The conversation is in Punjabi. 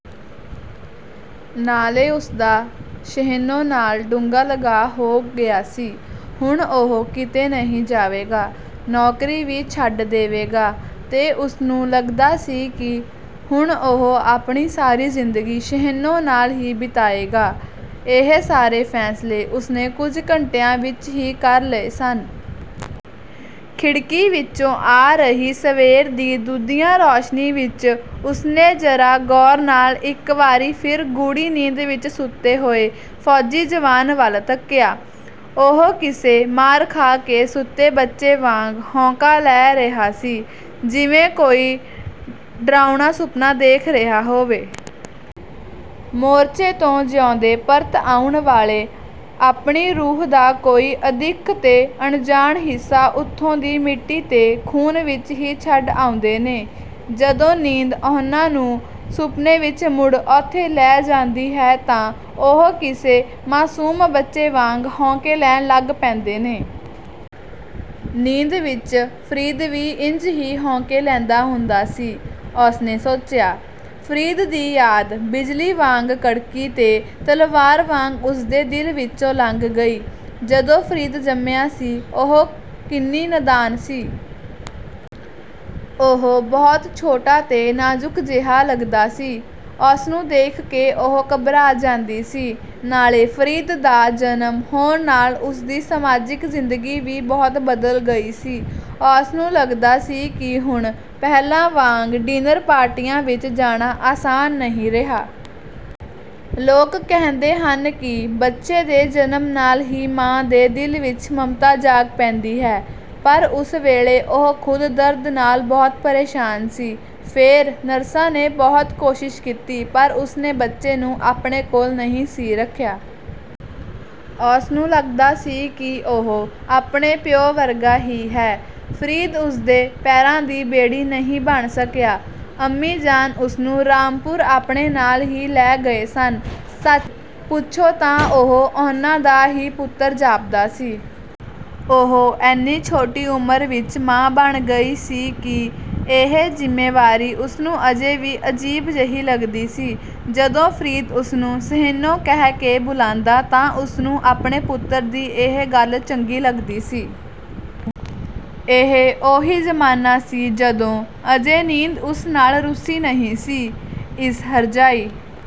ਨਾਲੇ ਉਸਦਾ ਸ਼ਹੀਨੋ ਨਾਲ ਡੂੰਘਾ ਲਗਾਅ ਹੋ ਗਿਆ ਸੀ। ਹੁਣ ਉਹ ਕਿਤੇ ਨਹੀਂ ਜਾਵੇਗਾ। ਨੌਕਰੀ ਵੀ ਛੱਡ ਦੇਵੇਗਾ ਤੇ ਉਸਨੂੰ ਲੱਗਦਾ ਸੀ ਕਿ ਹੁਣ ਉਹ ਆਪਣੀ ਸਾਰੀ ਜ਼ਿੰਦਗੀ ਸ਼ਹੀਨੋ ਨਾਲ ਹੀ ਬਿਤਾਏਗਾ। ਇਹ ਸਾਰੇ ਫ਼ੈਸਲੇ ਉਸਨੇ ਕੁਝ ਘੰਟਿਆਂ ਵਿੱਚ ਹੀ ਕਰ ਲਏ ਸਨ। ਖਿੜਕੀ ਵਿਚੋਂ ਆ ਰਹੀ ਸਵੇਰ ਦੀ ਦੁੱਧੀਆ ਰੋਸ਼ਨੀ ਵਿੱਚ ਉਸਨੇ ਜ਼ਰਾ ਗੌਰ ਨਾਲ ਇੱਕ ਵਾਰੀ ਫਿਰ ਗੂੜ੍ਹੀ ਨੀਂਦ ਵਿੱਚ ਸੁੱਤੇ ਹੋਏ ਫੌਜੀ ਜਵਾਨ ਵੱਲ ਤੱਕਿਆ। ਉਹ ਕਿਸੇ ਮਾਰ ਖਾ ਕੇ ਸੁੱਤੇ ਬੱਚੇ ਵਾਂਗ ਹੌਂਕਾ ਲੈ ਰਿਹਾ ਸੀ, ਜਿਵੇਂ ਕੋਈ ਡਰਾਉਣਾ ਸੁਪਨਾ ਦੇਖ ਰਿਹਾ ਹੋਵੇ। ਮੋਰਚੇ ਤੋਂ ਜਿਊਂਦੇ ਪਰਤ ਆਉਣ ਵਾਲੇ ਆਪਣੀ ਰੂਹ ਦਾ ਕੋਈ ਅਦਿੱਖ ਤੇ ਅਣਜਾਣ ਹਿੱਸਾ ਉੱਥੋਂ ਦੀ ਮਿੱਟੀ ਤੇ ਖ਼ੂਨ ਵਿੱਚ ਹੀ ਛੱਡ ਆਉਂਦੇ ਨੇ। ਜਦੋਂ ਨੀਂਦ ਉਹਨਾਂ ਨੂੰ ਸੁਪਨੇ ਵਿੱਚ ਮੁੜ ਉੱਥੇ ਲੈ ਜਾਂਦੀ ਹੈ, ਤਾਂ ਉਹ ਕਿਸੇ ਮਾਸੂਮ ਬੱਚੇ ਵਾਂਗ ਹੌਂਕੇ ਲੈਣ ਲੱਗ ਪੈਂਦੇ ਨੇ। "ਨੀਂਦ ਵਿੱਚ ਫ਼ਰੀਦ ਵੀ ਇੰਝ ਹੀ ਹੌਂਕੇ ਲੈਂਦਾ ਹੁੰਦਾ ਸੀ," ਉਸਨੇ ਸੋਚਿਆ। ਫ਼ਰੀਦ ਦੀ ਯਾਦ ਬਿਜਲੀ ਵਾਂਗ ਕੜਕੀ ਤੇ ਤਲਵਾਰ ਵਾਂਗ ਉਸਦੇ ਦਿਲ ਵਿੱਚੋਂ ਲੰਘ ਗਈ। ਜਦੋਂ ਫ਼ਰੀਦ ਜੰਮਿਆ ਸੀ, ਉਹ ਕਿੰਨੀ ਨਾਦਾਨ ਸੀ। ਉਹ ਬਹੁਤ ਛੋਟਾ ਤੇ ਨਾਜ਼ੁਕ ਜਿਹਾ ਲੱਗਦਾ ਸੀ, ਉਸਨੂੰ ਦੇਖ ਕੇ ਉਹ ਘਬਰਾ ਜਾਂਦੀ ਸੀ। ਨਾਲੇ ਫ਼ਰੀਦ ਦਾ ਜਨਮ ਹੋਣ ਨਾਲ ਉਸਦੀ ਸਮਾਜਿਕ ਜ਼ਿੰਦਗੀ ਵੀ ਬਹੁਤ ਬਦਲ ਗਈ ਸੀ। ਉਸਨੂੰ ਲੱਗਦਾ ਸੀ ਕਿ ਹੁਣ ਪਹਿਲਾਂ ਵਾਂਗ ਡਿਨਰ ਪਾਰਟੀਆਂ ਵਿੱਚ ਜਾਣਾ ਆਸਾਨ ਨਹੀਂ ਰਿਹਾ। ਲੋਕ ਕਹਿੰਦੇ ਹਨ ਕਿ ਬੱਚੇ ਦੇ ਜਨਮ ਨਾਲ ਹੀ ਮਾਂ ਦੇ ਦਿਲ ਵਿੱਚ ਮਮਤਾ ਜਾਗ ਪੈਂਦੀ ਹੈ, ਪਰ ਉਸ ਵੇਲੇ ਉਹ ਖ਼ੁਦ ਦਰਦ ਨਾਲ ਬਹੁਤ ਪਰੇਸ਼ਾਨ ਸੀ। ਫੇਰ ਨਰਸਾਂ ਨੇ ਬਹੁਤ ਕੋਸ਼ਿਸ਼ ਕੀਤੀ, ਪਰ ਉਸਨੇ ਬੱਚੇ ਨੂੰ ਆਪਣੇ ਕੋਲ ਨਹੀਂ ਸੀ ਰੱਖਿਆ। ਉਸਨੂੰ ਲੱਗਦਾ ਸੀ ਕਿ ਉਹ ਆਪਣੇ ਪਿਉ ਵਰਗਾ ਹੀ ਹੈ। ਫ਼ਰੀਦ ਉਸਦੇ ਪੈਰਾਂ ਦੀ ਬੇੜੀ ਨਹੀਂ ਬਣ ਸਕਿਆ। ਅੰਮੀ ਜਾਨ ਉਸਨੂੰ ਰਾਮਪੁਰ ਆਪਣੇ ਨਾਲ ਹੀ ਲੈ ਗਏ ਸਨ। ਸੱਚ ਪੁੱਛੋ ਤਾਂ ਉਹ ਉਹਨਾਂ ਦਾ ਹੀ ਪੁੱਤਰ ਜਾਪਦਾ ਸੀ। ਉਹ ਏਨੀ ਛੋਟੀ ਉਮਰ ਵਿੱਚ ਮਾਂ ਬਣ ਗਈ ਸੀ ਕਿ ਇਹ ਜ਼ਿੰਮੇਵਾਰੀ ਉਸਨੂੰ ਅਜੇ ਵੀ ਅਜੀਬ ਜਿਹੀ ਲੱਗਦੀ ਸੀ। ਜਦੋਂ ਫ਼ਰੀਦ ਉਸਨੂੰ "ਸ਼ਹੀਨੋ" ਕਹਿ ਕੇ ਬੁਲਾਂਦਾ, ਤਾਂ ਉਸਨੂੰ ਆਪਣੇ ਪੁੱਤਰ ਦੀ ਇਹ ਗੱਲ ਚੰਗੀ ਲੱਗਦੀ ਸੀ। ਇਹ ਉਹੀ ਜ਼ਮਾਨਾ ਸੀ, ਜਦੋਂ ਅਜੇ ਨੀਂਦ ਉਸ ਨਾਲ ਰੁੱਸੀ ਨਹੀਂ ਸੀ। ਇਸ ਹਰਜਾਈ...